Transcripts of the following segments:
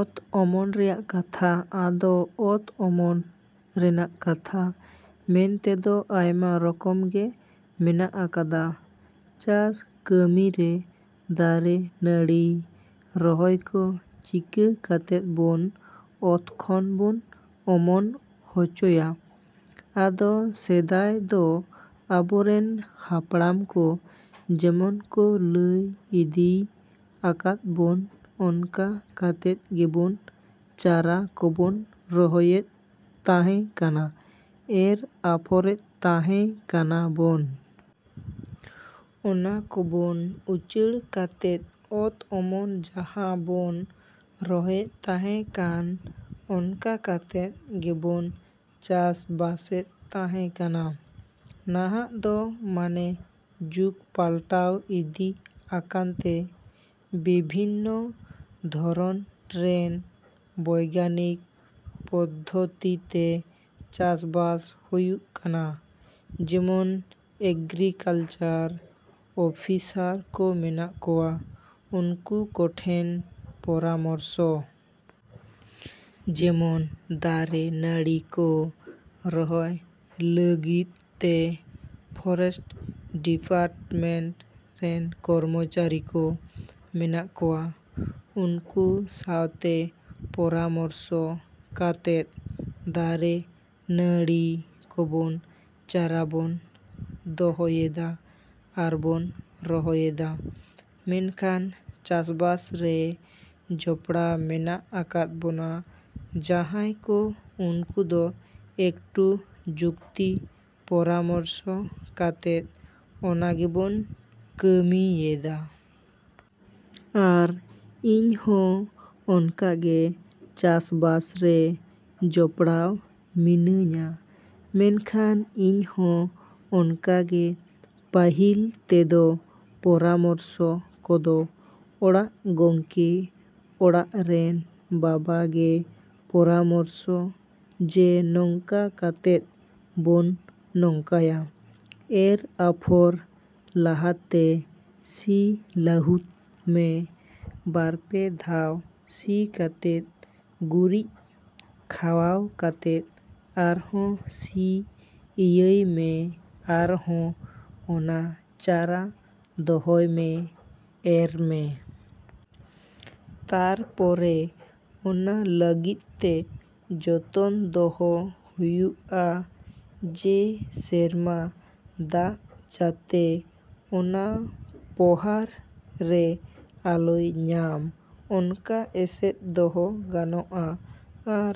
ᱚᱛ ᱚᱢᱚᱱ ᱨᱮᱱᱟᱜ ᱠᱟᱛᱷᱟ ᱟᱫᱚ ᱚᱛ ᱚᱢᱚᱱ ᱨᱮᱱᱟᱜ ᱠᱟᱛᱷᱟ ᱢᱮᱱᱛᱮᱫᱚ ᱟᱭᱢᱟ ᱨᱚᱠᱚᱢ ᱜᱮ ᱢᱮᱱᱟᱜ ᱟᱠᱟᱫᱟ᱾ ᱪᱟᱥ ᱠᱟᱹᱢᱤᱨᱮ ᱫᱟᱨᱮ ᱱᱟᱹᱲᱤ ᱨᱚᱦᱚᱭ ᱠᱚ ᱪᱤᱠᱟᱹ ᱠᱟᱛᱮᱫ ᱵᱚᱱ ᱚᱛ ᱠᱷᱚᱱ ᱵᱚᱱ ᱚᱢᱚᱱ ᱦᱚᱪᱚᱭᱟ᱾ ᱟᱫᱚ ᱥᱮᱫᱟᱭ ᱫᱚ ᱟᱵᱚᱨᱮᱱ ᱦᱟᱯᱲᱟᱢ ᱠᱚ ᱡᱮᱢᱚᱱ ᱠᱚ ᱞᱟᱹᱭ ᱤᱫᱤᱭ ᱟᱠᱟᱫ ᱵᱚᱱ ᱚᱱᱠᱟ ᱠᱟᱛᱮᱫ ᱜᱮᱵᱚᱱ ᱪᱟᱨᱟ ᱠᱚᱵᱚᱱ ᱨᱚᱦᱚᱭᱮᱫ ᱛᱟᱦᱮᱸ ᱠᱟᱱᱟ, ᱮᱨ ᱟᱯᱷᱚᱨᱮᱫ ᱛᱟᱦᱮᱸ ᱠᱟᱱᱟ ᱵᱚᱱ᱾ ᱚᱱᱟ ᱠᱚᱵᱚᱱ ᱩᱪᱟᱹᱲ ᱠᱟᱛᱮᱫ ᱚᱛ ᱚᱢᱚᱱ ᱡᱟᱦᱟᱸ ᱵᱚᱱ ᱨᱚᱦᱚᱭᱮᱫ ᱛᱟᱦᱮᱸ ᱠᱟᱱ ᱚᱱᱠᱟ ᱠᱟᱛᱮᱫ ᱜᱮᱵᱚᱱ ᱪᱟᱥᱵᱟᱥᱮᱫ ᱛᱟᱦᱮᱸ ᱠᱟᱱᱟ᱾ ᱱᱟᱦᱟᱜ ᱫᱚ ᱢᱟᱱᱮ ᱡᱩᱜᱽ ᱯᱟᱞᱴᱟᱣ ᱤᱫᱤ ᱟᱠᱟᱱᱛᱮ ᱵᱤᱵᱷᱤᱱᱱᱚ ᱫᱷᱚᱨᱚᱱ ᱨᱮᱱ ᱵᱚᱭᱜᱟᱱᱤᱠ ᱯᱚᱫᱫᱷᱚᱛᱤᱛᱮ ᱪᱟᱥᱵᱟᱥ ᱦᱩᱭᱩᱜ ᱠᱟᱱᱟ᱾ ᱡᱮᱢᱚᱱ ᱮᱜᱨᱤᱠᱟᱞᱪᱟᱨ ᱚᱯᱷᱤᱥᱟᱨ ᱠᱚ ᱢᱮᱱᱟᱜ ᱠᱚᱣᱟ, ᱩᱱᱠᱩ ᱠᱚᱴᱷᱮᱱ ᱯᱚᱨᱟᱢᱚᱨᱥᱚ᱾ ᱡᱮᱢᱚᱱ ᱫᱟᱨᱮ ᱱᱟᱹᱲᱤ ᱠᱚ ᱨᱚᱦᱚᱭ ᱞᱟᱹᱜᱤᱫ ᱛᱮ ᱯᱷᱚᱨᱮᱥᱴ ᱰᱤᱯᱟᱨᱴᱢᱮᱱᱴ ᱨᱮᱱ ᱠᱚᱨᱢᱚᱪᱟᱨᱤ ᱠᱚ ᱢᱮᱱᱟᱜ ᱠᱚᱣᱟ, ᱩᱱᱠᱩ ᱥᱟᱶᱛᱮ ᱯᱚᱨᱟᱢᱚᱨᱥᱚ ᱠᱟᱛᱮᱫ ᱫᱟᱨᱮ ᱱᱟᱹᱲᱤ ᱠᱚᱵᱚᱱ ᱪᱟᱨᱟᱵᱚᱱ ᱫᱚᱦᱚᱭᱮᱫᱟ ᱟᱨᱵᱚᱱ ᱨᱚᱦᱚᱭᱮᱫᱟ᱾ ᱢᱮᱱᱠᱷᱟᱱ ᱪᱟᱥᱵᱟᱥ ᱨᱮ ᱡᱚᱯᱲᱟᱣ ᱢᱮᱱᱟᱜ ᱟᱠᱟᱫ ᱵᱚᱱᱟ ᱡᱟᱦᱟᱸᱭ ᱠᱚ ᱩᱱᱠᱩ ᱫᱚ ᱮᱠᱴᱩ ᱡᱩᱠᱛᱤ ᱯᱚᱨᱟᱢᱚᱨᱥᱚ ᱠᱟᱛᱮᱫ ᱚᱱᱟ ᱜᱮᱵᱚᱱ ᱠᱟᱹᱢᱤᱭᱮᱫᱟ᱾ ᱟᱨ ᱤᱧ ᱦᱚᱸ ᱚᱱᱠᱟᱜᱮ ᱪᱟᱥᱵᱟᱥᱨᱮ ᱡᱚᱯᱲᱟᱣ ᱢᱤᱱᱟᱹᱧᱟ᱾ ᱢᱮᱱᱠᱷᱟᱱ ᱤᱧ ᱦᱚᱸ ᱚᱱᱠᱟᱜᱮ ᱯᱟᱦᱤᱞ ᱛᱮᱫᱚ ᱯᱚᱨᱟᱢᱚᱨᱥᱚ ᱠᱚᱫᱚ ᱚᱲᱟᱜ ᱜᱚᱝᱠᱮ, ᱚᱲᱟᱜ ᱨᱮᱱ ᱵᱟᱵᱟ ᱜᱮ ᱯᱚᱨᱟᱢᱚᱨᱥᱚ ᱡᱮ ᱱᱚᱝᱠᱟ ᱠᱟᱛᱮᱫ ᱵᱚᱱ ᱱᱚᱝᱠᱟᱭᱟ᱾ ᱮᱨ ᱟᱯᱷᱚᱨ ᱞᱟᱦᱟᱛᱮ ᱥᱤ ᱞᱟᱦᱩᱫ ᱢᱮ, ᱵᱟᱨᱯᱮ ᱫᱷᱟᱣ ᱥᱤ ᱠᱟᱛᱮᱫ ᱜᱩᱨᱤᱡ ᱠᱷᱟᱣᱟᱣ ᱠᱟᱛᱮᱫ ᱟᱨᱦᱚᱸ ᱥᱤ ᱤᱭᱟᱹᱭᱢᱮ ᱟᱨᱦᱚᱸ ᱚᱱᱟ ᱪᱟᱨᱟ ᱫᱚᱦᱚᱭᱢᱮ, ᱮᱨᱢᱮ᱾ ᱛᱟᱨᱯᱚᱨᱮ ᱚᱱᱟ ᱞᱟᱹᱜᱤᱫ ᱛᱮ ᱡᱚᱛᱚᱱ ᱫᱚᱦᱚ ᱦᱩᱭᱩᱜᱼᱟ ᱡᱮ ᱥᱮᱨᱢᱟ ᱫᱟᱜ ᱡᱟᱛᱮ ᱚᱱᱟ ᱯᱚᱦᱟᱨ ᱨᱮ ᱟᱞᱚᱭ ᱧᱟᱢ ᱚᱱᱠᱟ ᱮᱥᱮᱫ ᱫᱚᱦᱚ ᱜᱟᱱᱚᱜᱼᱟ ᱟᱨ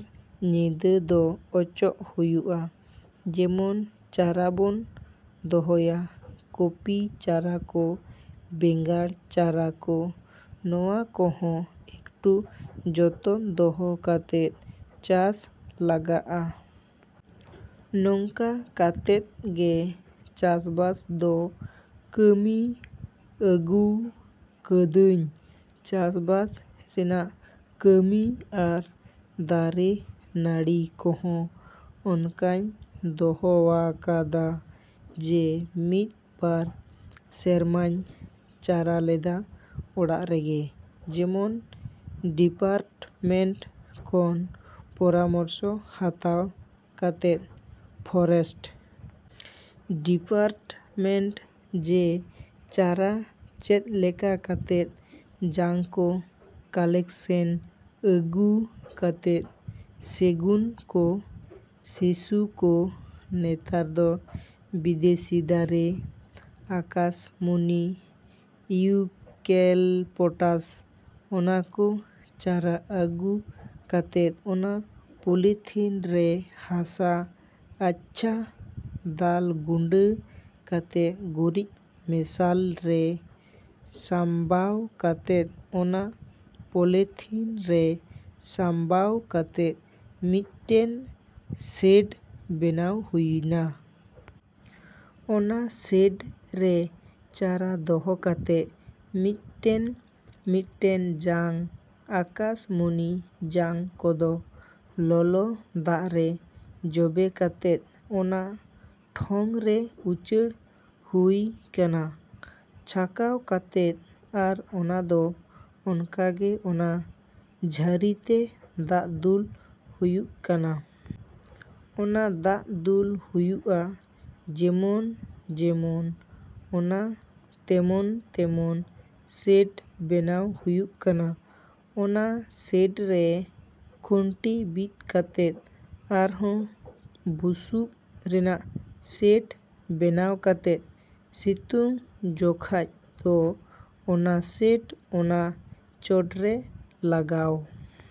ᱧᱤᱫᱟᱹ ᱫᱚ ᱚᱪᱚᱜ ᱦᱩᱭᱩᱜᱼᱟ᱾ ᱡᱮᱢᱚᱱ ᱪᱟᱨᱟᱵᱚᱱ ᱫᱚᱦᱚᱭᱟ ᱠᱚᱯᱤ ᱪᱟᱨᱟ ᱠᱚ, ᱵᱮᱸᱜᱟᱲ ᱪᱟᱨᱟ ᱠᱚ ᱱᱚᱣᱟ ᱠᱚᱦᱚᱸ ᱮᱠᱴᱩ ᱡᱚᱛᱚᱱ ᱫᱚᱦᱚ ᱠᱟᱛᱮᱫ ᱪᱟᱥ ᱞᱟᱜᱟᱜᱼᱟ᱾ ᱱᱚᱝᱠᱟ ᱠᱟᱛᱮᱫ ᱜᱮ ᱪᱟᱥ ᱵᱟᱥ ᱫᱚ ᱠᱟᱹᱢᱤ ᱟᱹᱜᱩᱣ ᱠᱟᱹᱫᱟᱹᱧ ᱪᱟᱥᱵᱟᱥ ᱨᱮᱱᱟᱜ ᱠᱟᱹᱢᱤ ᱟᱨ ᱫᱟᱨᱮ ᱱᱟᱲᱤ ᱠᱚᱦᱚᱸ ᱚᱱᱠᱟᱧ ᱫᱚᱦᱚᱣᱟᱠᱟᱫᱟ᱾ ᱡᱮ ᱢᱤᱫ ᱵᱟᱨ ᱥᱮᱨᱢᱟᱧ ᱪᱟᱨᱟ ᱞᱮᱫᱟ ᱚᱲᱟᱜ ᱨᱮᱜᱮ ᱡᱮᱢᱚᱱ ᱰᱤᱯᱟᱨᱴᱢᱮᱱᱴ ᱠᱷᱚᱱ ᱯᱚᱨᱟᱢᱚᱨᱥᱚ ᱦᱟᱛᱟᱣ ᱠᱟᱛᱮᱫ ᱯᱷᱚᱨᱮᱥᱴ ᱰᱤᱯᱟᱨᱴᱢᱮᱱᱴ ᱡᱮ ᱪᱟᱨᱟ ᱪᱮᱫ ᱞᱮᱠᱟ ᱠᱟᱛᱮᱫ ᱡᱟᱝ ᱠᱚ ᱠᱟᱞᱮᱠᱥᱮᱱ ᱟᱹᱜᱩ ᱠᱟᱛᱮᱫ ᱥᱮᱜᱩᱱ ᱠᱚ, ᱥᱤᱥᱩ ᱠᱚ, ᱱᱮᱛᱟᱨ ᱫᱚ ᱵᱤᱫᱮᱥᱤ ᱫᱟᱨᱮ ᱟᱠᱟᱥᱢᱩᱱᱤ, ᱤᱭᱩᱠᱮᱞᱯᱚᱴᱟᱥ ᱚᱱᱟ ᱠᱚ ᱪᱟᱨᱟ ᱟᱹᱜᱩ ᱠᱟᱛᱮᱫ ᱚᱱᱟ ᱯᱚᱞᱤᱛᱷᱤᱱ ᱨᱮ ᱦᱟᱥᱟ ᱟᱪᱪᱷᱟ ᱫᱟᱞ ᱜᱩᱸᱰᱟᱹ ᱠᱟᱛᱮᱫ ᱜᱩᱨᱤᱡ ᱢᱮᱥᱟᱞ ᱨᱮ ᱥᱟᱢᱵᱟᱣ ᱠᱟᱛᱮᱫ ᱚᱱᱟ ᱯᱚᱞᱮᱛᱷᱤᱱ ᱨᱮ ᱥᱟᱢᱵᱟᱣ ᱠᱟᱛᱮᱫ ᱢᱤᱫᱴᱮᱱ ᱥᱮᱰ ᱵᱮᱱᱟᱣ ᱦᱩᱭᱮᱱᱟ᱾ ᱚᱱᱟ ᱥᱮᱰ ᱨᱮ ᱪᱟᱨᱟ ᱫᱚᱦᱚ ᱠᱟᱛᱮᱫ ᱢᱤᱫᱴᱮᱱ ᱢᱤᱫᱴᱮᱱ ᱡᱟᱝ ᱟᱠᱟᱥᱢᱩᱱᱤ ᱡᱟᱝ ᱠᱚᱫᱚ ᱞᱚᱞᱚ ᱫᱟᱜ ᱨᱮ ᱡᱚᱵᱮ ᱠᱟᱛᱮᱫ ᱚᱱᱟ ᱴᱷᱚᱝᱨᱮ ᱩᱪᱟᱹᱲ ᱦᱩᱭ ᱠᱟᱱᱟ ᱪᱷᱟᱠᱟᱣ ᱠᱟᱛᱮᱫ ᱟᱨ ᱚᱱᱟ ᱫᱚ ᱚᱱᱠᱟᱜᱮ ᱚᱱᱟ ᱡᱷᱟᱨᱤᱛᱮ ᱫᱟᱜ ᱫᱩᱞ ᱦᱩᱭᱩᱜ ᱠᱟᱱᱟ᱾ ᱚᱱᱟ ᱫᱟᱜ ᱫᱩᱞ ᱦᱩᱭᱩᱜᱼᱟ ᱡᱮᱢᱚᱱ ᱡᱮᱢᱚᱱ ᱚᱱᱟ ᱛᱮᱢᱚᱱ ᱛᱮᱢᱚᱱ ᱥᱮᱴ ᱵᱮᱱᱟᱣ ᱦᱩᱭᱩᱜ ᱠᱟᱱᱟ᱾ ᱚᱱᱟ ᱥᱮᱰᱨᱮ ᱠᱷᱩᱱᱴᱤ ᱵᱤᱫ ᱠᱟᱛᱮᱫ ᱟᱨᱦᱚᱸ ᱵᱩᱥᱩᱵ ᱨᱮᱱᱟᱜ ᱥᱮᱴ ᱵᱮᱱᱟᱣ ᱠᱟᱛᱮᱫ ᱥᱤᱛᱩᱝ ᱡᱚᱠᱷᱟᱡ ᱫᱚ ᱚᱱᱟ ᱥᱮᱴ ᱚᱱᱟ ᱪᱚᱴᱨᱮ ᱞᱟᱜᱟᱣ